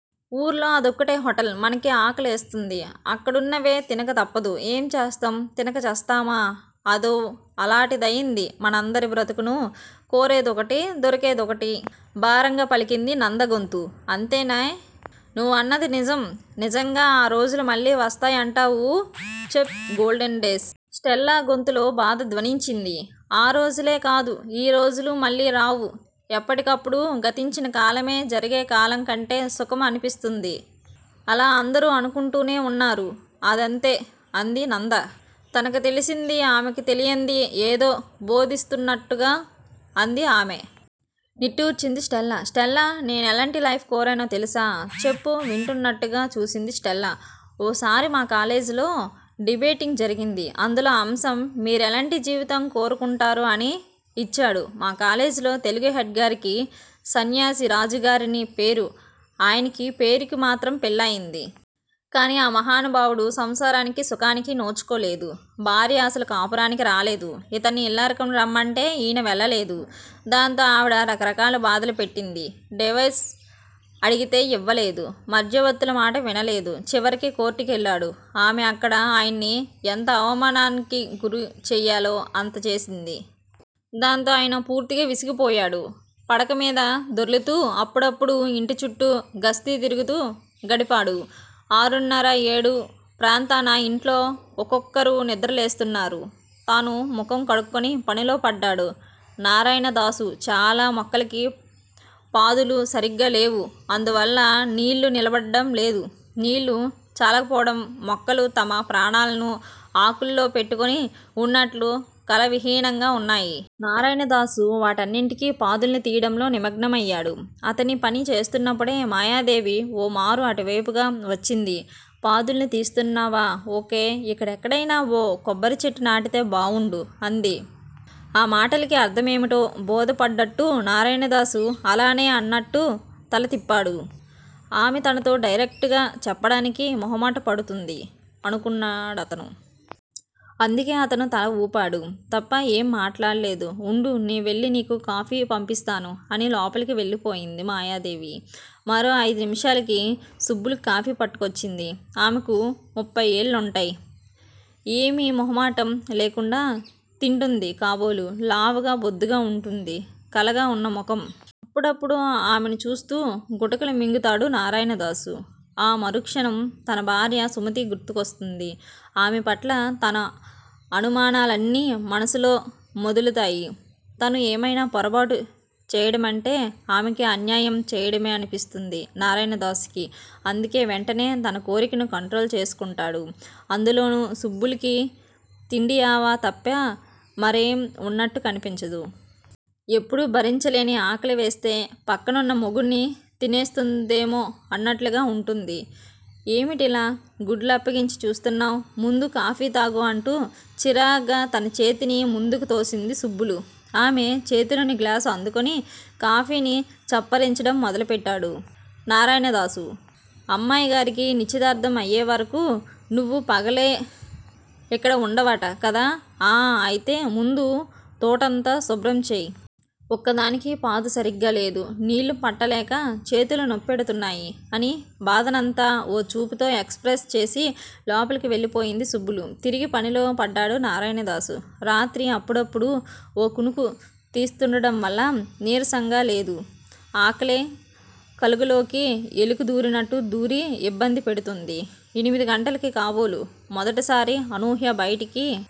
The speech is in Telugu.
వూర్లో అదొక్కటే హోటల్! మనకి ఆకలేస్తుంది. అక్కడున్నవే తినక తప్పదు. ఏం చేస్తాం? తినక చస్తామా? అదో అలాటిదయింది మనందరి బ్రతుకూను! కోరేదొకటి! దొరికేదొకటి! భారంగా పలికింది నంద గొంతు. అంతేనే! నువ్వన్నది నిజం! నిజంగా ఆ రోజులు మళ్ళీ వస్తాయంటావు? ప్చ్! Golden days! స్టెల్లా గొంతులో బాధ ధ్వనించింది. ఆ రోజులే కాదు! ఈ రోజులూ మళ్ళీ రావు- ఎప్పటికప్పుడు గతించిన కాలమే జరిగే కలం కంటే సుఖం అనిపిస్తుంది. అలా అందరూ అనుకుంటూనే వున్నారు అదంతే అంది నంద. తనకి తెలిసింది, ఆమెకి తెలియందీ ఏదో బోధిస్తున్నట్టుగా అంది ఆమె. నిట్టూర్చింది స్టెల్లా. స్టెల్లా! నేనెలాంటి లైఫ్ కోరానో తెలుసా? చెప్పు వింటానన్నట్టుగా చూసింది స్టెల్లా. ఒకసారి మాకాలేజీలో డిబేటింగ్ జరిగింది. అందులో అంశం మీరెలాంటి జీవితం కోరుకుంటారు అని యిచ్చాడు మా కాలేజీలో తెలుగు హెడ్ గారికి సన్యాసి రాజుగారని పేరు ఆయనకీ పేరుకి మాత్రం పెళ్ళయింది. కానీ ఆ మహానుభావుడు సంసార సుఖానికి నోచుకోలేదు. భార్య అసలు కాపురానికి రాలేదు. ఇతన్ని ఇల్లరికం రమ్మంటే ఈయన వెళ్ళలేదు దాంతో ఆవిడ రకరకాల బాధలు పెట్టింది. డైవర్స్ అడిగితే ఇవ్వలేదు. మధ్యవర్తుల మాట వినలేదు. చివరికి కోర్టు కెళ్ళాడు. ఆమె అక్కడ ఆయన్ని ఎంత అవమానానికి గురిచెయ్యాలో అంతా చేసింది. దాంతో ఆయన పూర్తిగా విసిగిపోయాడు. పడకమీద దొర్లుతూ, అప్పుడప్పుడూ ఇంటిచుట్టూ గస్తీ తిరుగుతూ గడిపాడు. ఆరున్నర, ఏడు ప్రాంతాన ఇంట్లో ఒక్కొక్కరు నిద్ర లేస్తున్నారు. తనూ ముఖం కడుక్కుని పనిలో పడ్డాడు నారాయణదాసు. చాలా మొక్కలకి పాదులు సరిగ్గాలేవు. అందువల్ల నీళ్ళు నిలబడటం లేదు. నీళ్ళు చాలకపోవడంతో మొక్కలు తమ ప్రాణాలను ఆకుల్లో పెట్టుకొని వున్నట్లు కళావిహీనంగా వున్నాయి. నారాయణదాసు వాటికన్నిటికీ పాదుల్ని తీయడంలో నిమగ్నమయ్యాడు. అతనీ పని చేస్తున్నప్పుడే మాయాదేవి ఓ మారు అటువేపుగా వచ్చింది. పాదుల్ని తీస్తున్నావా? ఓ. కే. ఇక్కడెక్కడైనా ఓ కొబ్బరిచెట్టు నాటితే బావుండు అంది. ఆ మాటలకి అర్థమేమిటో బోధపడ్డట్టు నారాయణదాసు అలానే అన్నట్టు తల తిప్పాడు. ఆమె తనతో డైరెక్టుగా చెప్పడానికి మొహమాట పడుతోంది అనుకున్నాడతను. అందుకే అతను తల ఊపాడు తప్ప ఏమీ మాట్లాడలేదు. ఉండు! నేవెళ్ళి నీకు కాఫీ పంపిస్తాను అని లోపలికి వెళ్ళిపోయింది మాయాదేవి. మరో అయిదునిముషాలకి సుబ్బులు కాఫీ పట్టుకొచ్చింది. ఆమెకు ముప్పై ఏళ్ళుంటాయి. ఏమీ మొహమాటం లేకుండా తింటుంది కాబోలు లావుగా, బొద్దుగా వుంటుంది. కళగా వున్న ముఖం. అప్పుడప్పుడూ ఆమెను చూస్తూ గుటకలు మింగుతాడు నారాయణదాసు. ఆ మరుక్షణం తన భార్య సుమతి గుర్తుకొస్తుంది. ఆమెపట్ల తన అనుమానాలన్నీ మనసులో మెదులుతాయి. తను ఏమైనా పొరబాటు చేయడమంటే ఆమెకి అన్యాయం చేయడమేననిపిస్తుంది నారాయణదాసుకి. అందుకే వెంటనే తన కోరికను కంట్రోలు చేసుకుంటాడు. అందులోనూ సుబ్బులికి తిండియావ తప్ప మరేం వున్నట్టు కనిపించదు. ఎప్పుడో భరించలేని ఆకలివేస్తే పక్కనున్న మొగుడ్ని తినేస్తుందేమోనన్నట్లు వుంటుంది. ఏమిటలా గుడ్లప్పగించి చూస్తున్నావ్ ముందు కాఫీతాగు అంటూ చిరాగ్గా తన చేతిని ముందుకు తోసింది సుబ్బులు. ఆమె చేతిలోని గ్లాసు అందుకొని కాఫీని చప్పరించడం మొదలుపెట్టాడు నారాయణదాసు. అమ్మాయిగారి నిశ్చితార్థం అయ్యేవరకు నువ్వూ పగలు ఇక్కడే వుంటావట కదా ఆఁ అయితే ముందు తోటంతా శుభ్రంచెయ్. ఒక్కదానికీ పాదు సరిగ్గా లేదు. నీళ్ళు పట్టలేక చేతులు నొప్పెడుతున్నాయి అని బాధనంతా ఓ చూపులో ఎక్స్ ప్రెస్ చేసి లోపలికి వెళ్ళిపోయింది సుబ్బులు. తిరిగి పనిలో పడ్డాడు నారాయణదాసు. రాత్రి అప్పుడప్పుడూ ఓ కునుకు తీస్తుండడం వల్ల నీరసంగా లేదు. ఆకలే కలుగులోకి ఎలుక దూరినట్టు దూరి ఇబ్బంది పెడుతోంది. ఎనమిది గంటలకి కాబోలు మొదటిసారి అనూహ్య బయటికి